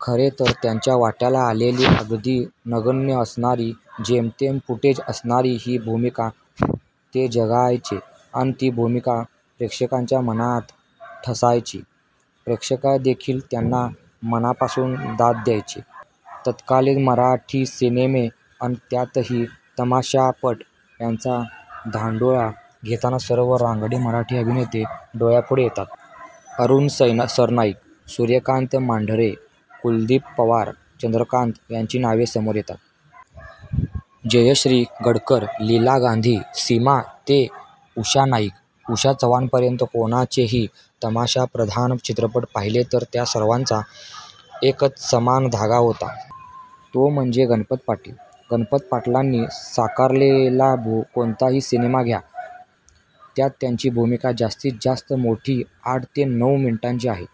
खरे तर त्यांच्या वाट्याला आलेली अगदी नगण्य असणारी जेमतेम फुटेज असणारी ही भूमिका ते जगायचे अन ती भूमिका प्रेक्षकाच्या मनात ठसायची. प्रेक्षकदेखील त्यांना मनापासून दाद द्यायचे. तत्कालीन मराठी सिनेमे अन त्यातही तमाशापट यांचा धांडोळा घेताना सर्व रांगडे मराठी अभिनेते डोळ्यापुढे येतात, अरुण सेना सरनाईक, सूर्यकांत मांढरे, कुलदीप पवार, चंद्रकांत यांची नावे समोर येतात. जयश्री गडकर, लीला गांधी, सीमा ते उषा नाईक, उषा चव्हाणपर्यंत कोणाचेही तमाशाप्रधान चित्रपट पाहिले तर त्या सर्वांचा एकच समान धागा होता तो म्हणजे गणपत पाटील! गणपत पाटलांनी साकारलेला कोणताही सिनेमा घ्या, त्यात त्यांची भूमिका जास्तीत जास्त मोठी आठ ते नऊ मिनिटांची आहे.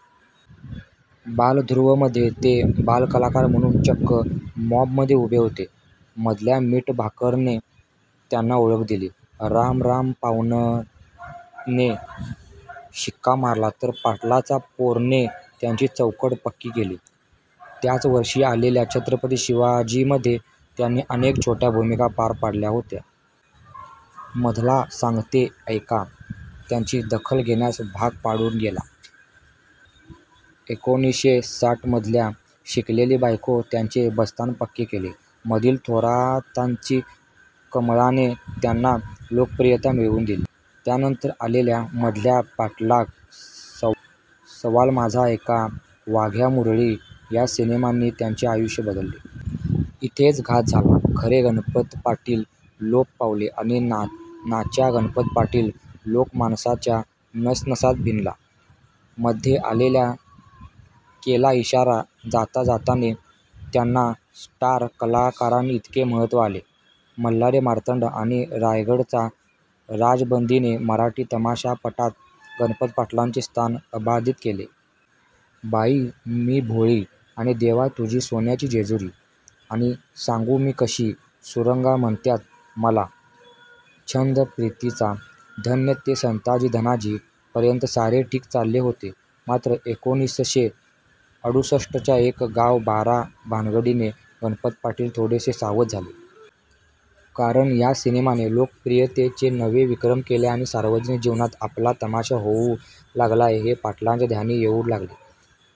बालध्रुवमध्ये ते बालकलाकार म्हणून चक्क मॉबमध्ये उभे होते. मधल्या मीठभाकरने त्यांना ओळख दिली. राम राम पाव्हणं ने शिक्का मारला तर पाटलाचा पोरने त्यांची चौकट पक्की केली. त्याच वर्षी आलेल्या छत्रपती शिवाजीमध्ये त्यांनी अनेक छोट्या भूमिका पार पाडल्या होत्या. मधला सांगत्ये ऐका त्यांची दखल घेण्यास भाग पाडून गेला. एकोणीसशे साठमधल्या शिकलेली बायको त्यांचे बस्तान पक्के केले. मधील थोरातांची कमळाने त्यांना लोकप्रियता मिळवून दिली. त्यानंतर आलेल्या मधल्या पाठलाग, सव सवाल माझा ऐका, वाघ्या मुरळी या सिनेमांनी त्यांचे आयुष्य बदलले. इथेच घात झाला. खरे गणपत पाटील लोप पावले आणि नाच्या गणपत पाटील लोकमानसाच्या नसनसात भिनला. मध्ये आलेल्या केला इशारा जाता जाताने त्यांना स्टार कलाकारांइतके महत्त्व आले. मल्हारी मार्तंड आणि रायगडचा राजबंदीने मराठी तमाशापटात गणपत पाटलांचे स्थान अबाधित केले. बाई मी भोळी आणि देवा तुझी सोन्याची जेजुरी आणि सांगू मी कशी, सुरंगा म्हणत्यात मला, छंद प्रीतिचा, धन्य ते संताजी धनाजी पर्यंत सारे ठीक चालले होते. मात्र एकोणीसशे अडुसष्टच्या एक गाव बारा भानगडीने गणपत पाटील थोडेसे सावध झाले. कारण या सिनेमाने लोकप्रियतेचे नवे विक्रम केले आणि सार्वजनिक जीवनात आपला तमाशा होऊ लागलाय हे पाटलांच्या ध्यानी येऊ लागले.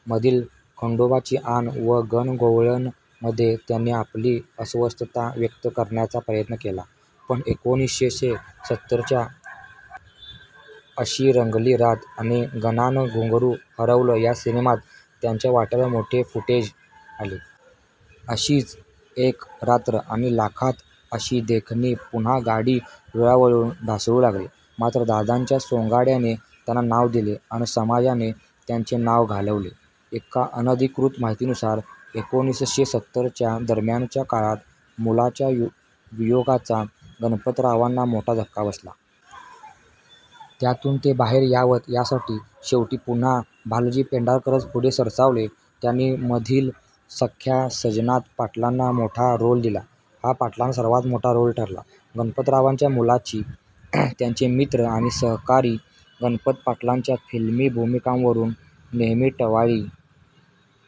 मधील खंडोबाची आण व गणगौळणमध्ये त्यांनी आपली अस्वस्थता व्यक्त करण्याचा प्रयत्न केला पण एकोणीसशे सत्तरच्या अशी रंगली रात आणि गणानं घुंगरू हरवलं या सिनेमात त्यांच्या वाट्याला मोठे फुटेज आले. अशीच एक रात्र आणि लाखात अशी देखणी पुन्हा गाडी रुळावरून ढासळू लागली. मात्र दादांच्या सोंगाड्याने त्यांना नाव दिले अन समाजाने त्यांचे नाव घालवले. एका अनधिकृत माहितीनुसार एकोणीसशे सत्तरच्या दरम्यानच्या काळात मुलाच्या वियोगाचा गणपतरावांना मोठा धक्का बसला. त्यातून ते बाहेर यावेत यासाठी शेवटी पुन्हा भालजी पेंढारकरच पुढे सरसावले. त्यांनी मधील सख्या सजनात पाटलांना मोठा रोल दिला. हा पाटलांचा सर्वात मोठा रोल ठरला. गणपतरावांच्या मुलाची, त्याचे मित्र आणि सहकारी गणपत पाटलांच्या फिल्मी भूमिकांवरून नेहमी टवाळी